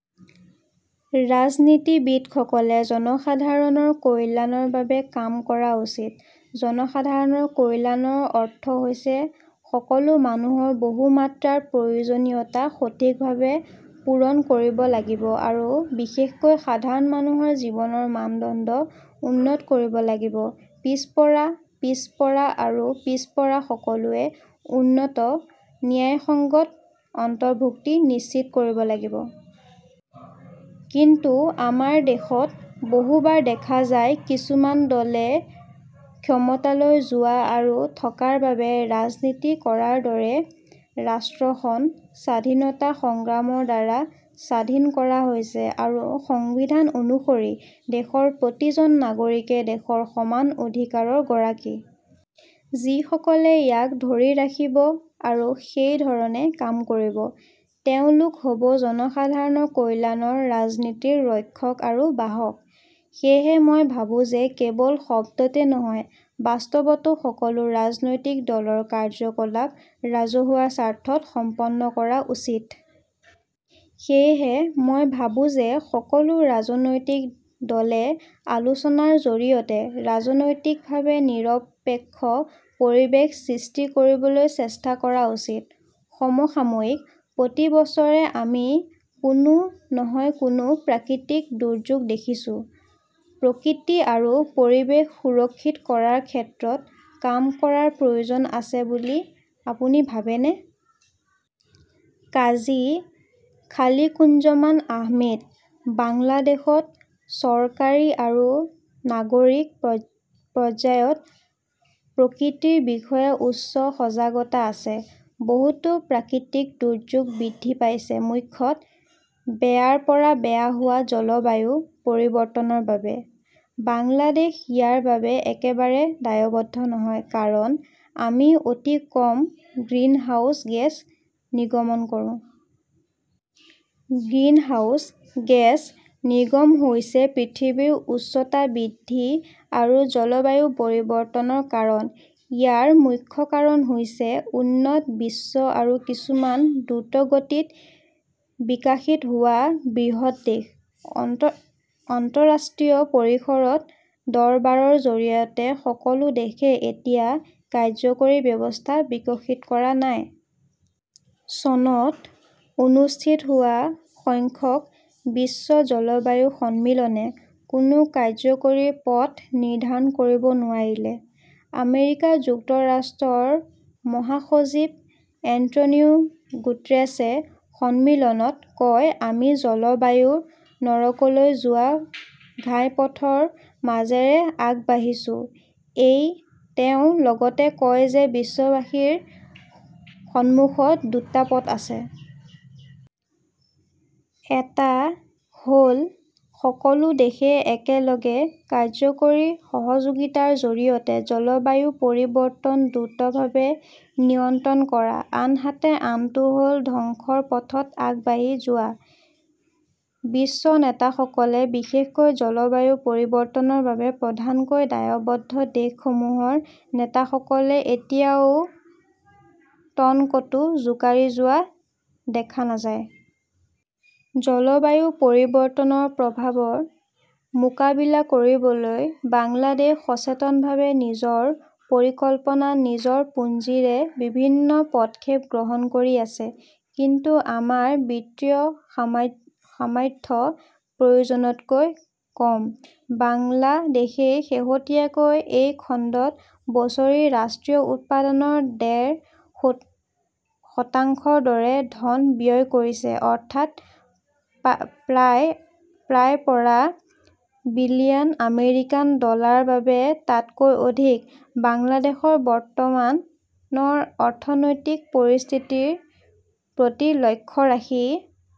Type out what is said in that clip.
ৰাজনীতিবিদসকলে জনসাধাৰণৰ কল্যাণৰ বাবে কাম কৰা উচিত। জনসাধাৰণৰ কল্যাণৰ অৰ্থ হৈছে সকলো মানুহৰ বহু-মাত্ৰাৰ প্ৰয়োজনীয়তা সঠিকভাৱে পূৰণ কৰিব লাগিব আৰু বিশেষকৈ সাধাৰণ মানুহৰ জীৱনৰ মানদণ্ড উন্নত কৰিব লাগিব। পিছপৰা, পিছপৰা আৰু পিছপৰা সকলোৱে উন্নয়নত ন্যায়সংগত অন্তৰ্ভুক্তি নিশ্চিত কৰিব লাগিব। কিন্তু আমাৰ দেশত বহুবাৰ দেখা যায়, কিছুমান দলে ক্ষমতালৈ যোৱা আৰু থকাৰ বাবে ৰাজনীতি কৰাৰ দৰে। ৰাষ্ট্ৰখন স্বাধীনতা সংগ্ৰামৰ দ্বাৰা স্বাধীন কৰা হৈছে আৰু সংবিধান অনুসৰি দেশৰ প্ৰতিজন নাগৰিকে দেশৰ সমান অধিকাৰৰ গৰাকী। যিসকলে ইয়াক ধৰি ৰাখিব আৰু সেই ধৰণে কাম কৰিব, তেওঁলোক হ "ব জনসাধাৰণৰ কল্যাণকৰ ৰাজনীতিৰ ৰক্ষক আৰু বাহক। সেয়েহে মই ভাবো যে কেৱল শব্দতে নহয়, বাস্তৱতো সকলো ৰাজনৈতিক দলৰ কাৰ্যকলাপ ৰাজহুৱা স্বাৰ্থত সম্পন্ন কৰা উচিত। সেয়েহে মই ভাবো যে সকলো ৰাজনৈতিক দলে আলোচনাৰ জৰিয়তে ৰাজনৈতিকভাৱে নিৰপেক্ষ পৰিৱেশ সৃষ্টি কৰিবলৈ চেষ্টা কৰা উচিত। সমসাময়িকঃ প্ৰতি বছৰে আমি কোনো নহয় কোনো প্ৰাকৃতিক দুৰ্যোগ দেখিছোঁ। প্ৰকৃতি আৰু পৰিৱেশ সুৰক্ষিত কৰাৰ ক্ষেত্ৰত কাম কৰাৰ প্ৰয়োজন আছে বুলি আপুনি ভাবেনে? কাজী খালিকুজ্জমান আহমেদঃ বাংলাদেশত চৰকাৰী আৰু নাগৰিক পৰ্যায়ত প্ৰকৃতিৰ বিষয়ে উচ্চ সজাগতা আছে। বহুতো প্ৰাকৃতিক দুৰ্যোগ বৃদ্ধি পাইছে, মুখ্যতঃ বেয়াৰ পৰা বেয়া হোৱা জলবায়ু পৰিৱৰ্তনৰ বাবে। বাংলাদেশ ইয়াৰ বাবে একেবাৰে দায়বদ্ধ নহয়। কাৰণ আমি অতি কম গ্ৰীণহাউছ গেছ নিৰ্গমন কৰোঁ। গ্ৰীণহাউছ গেছ নিৰ্গমন হৈছে পৃথিৱীৰ উষ্ণতা বৃদ্ধি আৰু জলবায়ু পৰিৱৰ্তনৰ কাৰণ। ইয়াৰ মুখ্য কাৰণ হৈছে উন্নত বিশ্ব আৰু কিছুমান দ্ৰুতগতিত বিকশিত হোৱা বৃহৎ দেশ। আন্তঃৰাষ্ট্ৰীয় পৰিসৰত দৰবাৰৰ জৰিয়তে সকলো দেশে এতিয়াও কাৰ্যকৰী ব্যৱস্থা বিকশিত কৰা নাই। চনত অনুষ্ঠিত হোৱা সংখ্যক বিশ্ব জলবায়ু সন্মিলনে কোনো কাৰ্যকৰী পথ নিৰ্ধাৰণ কৰিব নোৱাৰিলে। আমেৰিকা যুক্তৰাষ্ট্ৰৰ মহাসচিব এন্টোনিও গুটেৰেছে সন্মিলনত কয়, "আমি জলবায়ুৰ নৰকলৈ যোৱা ঘাইপথৰ মাজেৰে আগবাঢ়িছো। " তেওঁ লগতে কয় যে বিশ্ববাসীৰ সন্মুখত দুটা পথ আছে। এটা হ "ল সকলো দেশে একেলগে কাৰ্যকৰী সহযোগিতাৰ জৰিয়তে জলবায়ু পৰিৱৰ্তন দ্ৰুতভাৱে নিয়ন্ত্ৰণ কৰা, আনহাতে আনটো হ" ল ধ্বংসৰ পথত আগবাঢ়ি যোৱা। বিশ্ব নেতাসকলে, বিশেষকৈ জলবায়ু পৰিৱৰ্তনৰ বাবে প্ৰধানকৈ দায়বদ্ধ দেশসমূহৰ নেতাসকলে এতিয়াও টনকটো জোকাৰি যোৱা দেখা নাযায়। জলবায়ু পৰিৱৰ্তনৰ প্ৰভাৱৰ মোকাবিলা কৰিবলৈ বাংলাদেশ সচেতনভাৱে নিজৰ পৰিকল্পনাত, নিজৰ পুঁজিৰে বিভিন্ন পদক্ষেপ গ্ৰহণ কৰি আছে। কিন্তু আমাৰ বিত্তীয় সামৰ্থ্য প্ৰয়োজনতকৈ কম। বাংলাদেশই শেহতীয়াকৈ এই খণ্ডত বছৰি ৰাষ্ট্ৰীয় উৎপাদনৰ ডেৰ শতাংশৰ দৰে ধন ব্যয় কৰিছে, অৰ্থাৎ প্ৰায় ৰ পৰা বিলিয়ন আমেৰিকান ডলাৰ বা তাতকৈ অধিক। বাংলাদেশৰ বৰ্তমানৰ অৰ্থনৈতিক পৰিস্থিতিৰ প্ৰতি লক্ষ্য ৰাখি